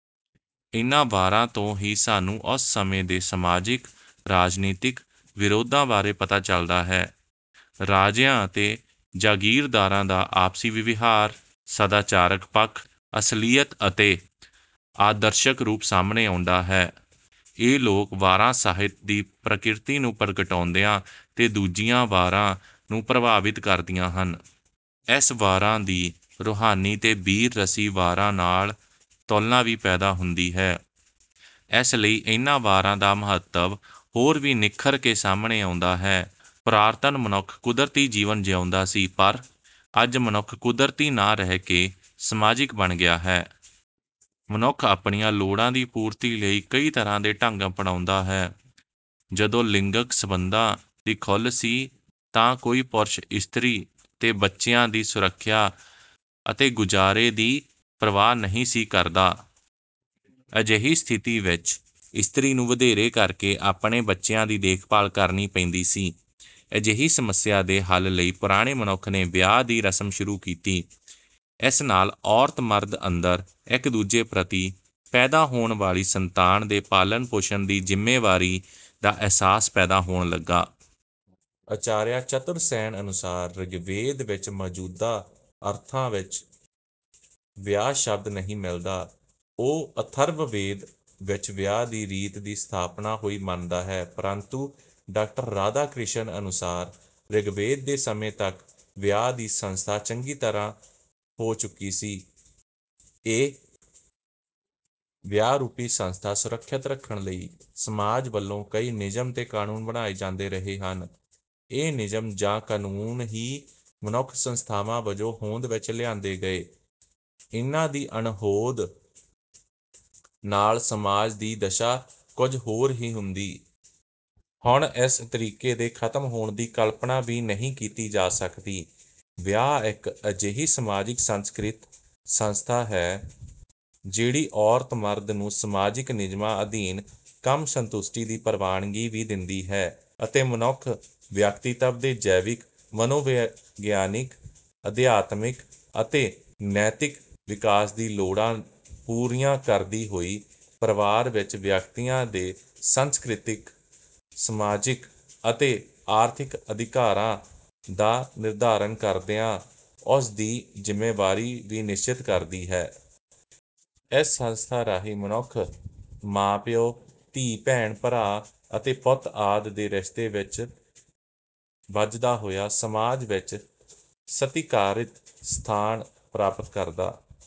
ਇਹਨਾਂ ਵਾਰਾ ਤੋਂ ਹੀ ਸਾਨੂੰ ਉਸ ਸਮੇਂ ਦੇ ਸਮਾਜਿਕ, ਰਾਜਨੀਤਿਕ ਵਿਰੋਧਾ ਬਾਰੇ ਪਤਾ ਚੱਲਦਾ ਹੈ। ਰਾਜਿਆਂ ਤੇ ਜਗੀਰਦਾਰਾ ਦਾ ਆਪਸੀ ਵਿਵਹਾਰ, ਸਦਾਚਾਰਕ ਪੱਖ, ਅਸਲੀਅਤ ਅਤੇ ਆਦਰਸ਼ਕ ਰੂਪ ਸਾਮਹਣੇ ਆਉਂਦਾ ਹੈ। ਇਹ ਲੋਕ ਵਾਰਾ ਸਾਹਿਤ ਦੀ ਪ੍ਰਕਿਰਤੀ ਨੂੰ ਪ੍ਰਗਟਾਉਦੀਆਂ ਤੇ ਦੂਜੀਆਂ ਵਾਰਾਂ ਨੂੰ ਪ੍ਰਭਾਵਿਤ ਕਰਦੀਆਂ ਹਨ। ਇਸ ਵਾਰਾ ਦੀ ਰੂਹਾਨੀ ਤੇ ਬੀਰ ਰਸੀ ਵਾਰਾ ਨਾਲ ਤੁਲਨਾ ਵੀ ਪੈਦਾ ਹੰਦੀ ਹੈ। ਇਸ ਲਈ ਇਹਨਾਂ ਵਾਰਾਂ ਦਾ ਮਹੱਤਵ ਹੋਰ ਵੀ ਨਿਖਰਕੇ ਸਾਮਹਣੇ ਆਉਂਦਾ ਹੈ। ਪੁਰਾਤਨ ਮਨੁੱਖ ਕੁਦਰਤੀ ਜੀਵਨ ਜਿਉਂਦਾ ਸੀ ਪਰ, ਅੱਜ ਮਨੁੱਖ ਕੁਦਰਤੀ ਨਾ ਰਹਿ ਕੇ ਸਮਾਜਿਕ ਬਣ ਗਿਆ ਹੈ। ਮਨੁੱਖ ਆਪਣੀਆਂ ਲੋੜਾਂ ਦੀ ਪੂਰਤੀ ਲਈ ਕਈ ਤਰ੍ਹਾਂ ਦੇ ਢੰਗ ਅਪਣਾਉਂਦਾ ਹੈ। ਜਦੋਂ ਲਿੰਗਕ ਸੰਬੰਧਾਂ ਦੀ ਖੁੱਲ ਸੀ ਤਾਂ ਕੋਈ ਪੁਰਸ਼, ਇਸਤਰੀ ਤੇ ਬੱਚਿਆਂ ਦੀ ਸੁਰੱਖਿਆ ਅਤੇ ਗੁਜ਼ਾਰੇ ਦੀ ਪਰਵਾਹ ਨਹੀਂ ਸੀ ਕਰਦਾ। ਅਜਿਹੀ ਸਥਿਤੀ ਵਿੱਚ ਇਸਤਰੀ ਨੂੰ ਵਧੇਰੇ ਕਰ ਕੇ ਆਪਣੇ ਬੱਚਿਆਂ ਦੀ ਦੇਖਭਾਲ ਕਰਨੀ ਪੈਂਦੀ ਸੀ। ਅਜਿਹੀ ਸਮੱਸਿਆਂ ਦੇ ਹੱਲ ਲਈ ਪੁਰਾਣੇ ਮਨੁੱਖ ਨੇ ਵਿਆਹ ਦੀ ਰਸਮ ਸ਼ੁਰੂ ਕੀਤੀ। ਇਸ ਨਾਲ ਔਰਤ-ਮਰਦ ਅੰਦਰ ਇੱਕ-ਦੁਜੇ ਪ੍ਰਤੀ ਪੈਦਾ ਹੋਣ ਵਾਲੀ ਸੰਤਾਨ ਦੇ ਪਾਲਣ-ਪੋਸ਼ਣ ਦੀ ਜ਼ਿੰਮੇਵਾਰੀ ਦਾ ਅਹਿਸਾਸ ਪੈਦਾ ਹੋਣ ਲੱਗਾ। ਆਚਾਰੀਆ ਚਤੁਰਸੈਨ ਅਨੁਸਾਰ 'ਰਿਗਵੇਦ ਵਿੱਚ ਮੌਜੂਦਾ ਅਰਥਾਂ ਵਿੱਚ ਵਿਆਹ ਸ਼ਬਦ ਨਹੀਂ ਮਿਲਦਾ', ਉਹ ਅਥਰਵਵੇਦ ਵਿੱਚ ਵਿਆਹ ਦੀ ਰੀਤ ਦੀ ਸਥਾਪਨਾ ਹੋਈ ਮੰਨਦਾ ਹੈ। ਪਰੰਤੂ ਡਾਕਟਰ ਰਾਧਾ ਕ੍ਰਿਸ਼ਨ ਅਨੁਸਾਰ "ਰਿਗਵੇਦ ਦੇ ਸਮੇਂ ਤੱਕ ਵਿਆਹ ਦੀ ਸੰਸਥਾ ਚੰਗੀ ਤਰ੍ਹਾਂ ਹੋ ਚੁੱਕੀ ਸੀ"।ਇਹ ਵਿਆਹ ਰੂਪੀ ਸੰਸਥਾ ਸਰੁੱਖਿਅਤ ਰੱਖਣ ਲਈ ਸਮਾਜ ਵੱਲੋਂ ਕਈ ਨਿਯਮ ਤੇ ਕਾਨੂੰਨ ਬਣਾਏ ਜਾਂਦੇ ਰਹੇ ਹਨ। ਇਹ ਨਿਯਮ ਜਾਂ ਕਾਨੂੰਨ ਹੀ ਮਨੁੱਖ ਸੰਸਥਾਵਾਂ ਵਜੋਂ ਹੋਂਦ ਵਿੱਚ ਲਿਆਂਦੇ ਗਏ। ਇਨ੍ਹਾਂ ਦੀ ਅਣਹੋਂਦ ਨਾਲ ਸਮਾਜ ਦੀ ਦਸ਼ਾ ਕੁਝ ਹੋਰ ਹੀ ਹੁੰਦੀ। ਹੁਣ ਇਸ ਤਰੀਕੇ ਦੇ ਖ਼ਤਮ ਹੋਣ ਦੀ ਕਲਪਨਾ ਵੀ ਨਹੀਂ ਕੀਤੀ ਜਾ ਸਕਦੀ। ਵਿਆਹ ਇੱਕ ਅਜਿਹੀ ਸਮਾਜਿਕ, ਸੰਸਕ੍ਰਿਤਕ ਸੰਸਥਾ ਹੈ ਜਿਹੜੀ ਔਰਤ-ਮਰਦ ਨੂੰ ਸਮਾਜਿਕ ਨਿਯਮਾਂ ਅਧੀਨ ਕੰਮ ਸੰਤੁਸ਼ਟੀ ਦੀ ਪ੍ਰਵਾਨਗੀ ਵੀ ਦਿੰਦੀ ਹੈ ਅਤੇ ਮਨੁੱਖ ਵਿਅਕਤੀਤਵ ਦੇ ਜੈਵਿਕ, ਮਨੋਵਿਗਿਆਨਿਕ, ਅਧਿਆਤਮਿਕ ਅਤੇ ਨੈਤਿਕ ਵਿਕਾਸ ਦੀਆਂ ਲੋੜਾਂ ਪੂਰੀਆਂ ਕਰਦੀ ਹੋਈ ਪਰਿਵਾਰ ਵਿੱਚ ਵਿਅਕਤੀ ਦੇ ਸੰਸਕ੍ਰਿਤਿਕ, ਸਮਾਜਿਕ ਅਤੇ ਆਰਥਿਕ ਅਧਿਕਾਰਾਂ ਦਾ ਨਿਰਧਾਰਨ ਕਰਦਿਆਂ ਉਸ ਦੀ ਜ਼ਿੰਮੇਵਾਰੀ ਵੀ ਨਿਸ਼ਚਿਤ ਕਰਦੀ ਹੈ। ਇਸ ਸੰਸਥਾਂ ਰਾਹੀਂ ਹੀ ਮਨੁੱਖ ਮਾਂ, ਪਿਉ, ਧੀ, ਭੈਣ, ਭਰਾ ਅਤੇ ਪੁੱਤ ਆਦਿ ਦੇ ਰਿਸ਼ਤੇ ਵਿੱਚ ਬੱਝਦਾ ਹੋਇਆ ਸਮਾਜ ਵਿੱਚ ਸਤਿਕਾਰਿਤ ਸਥਾਨ ਪ੍ਰਾਪਤ ਕਰਦਾ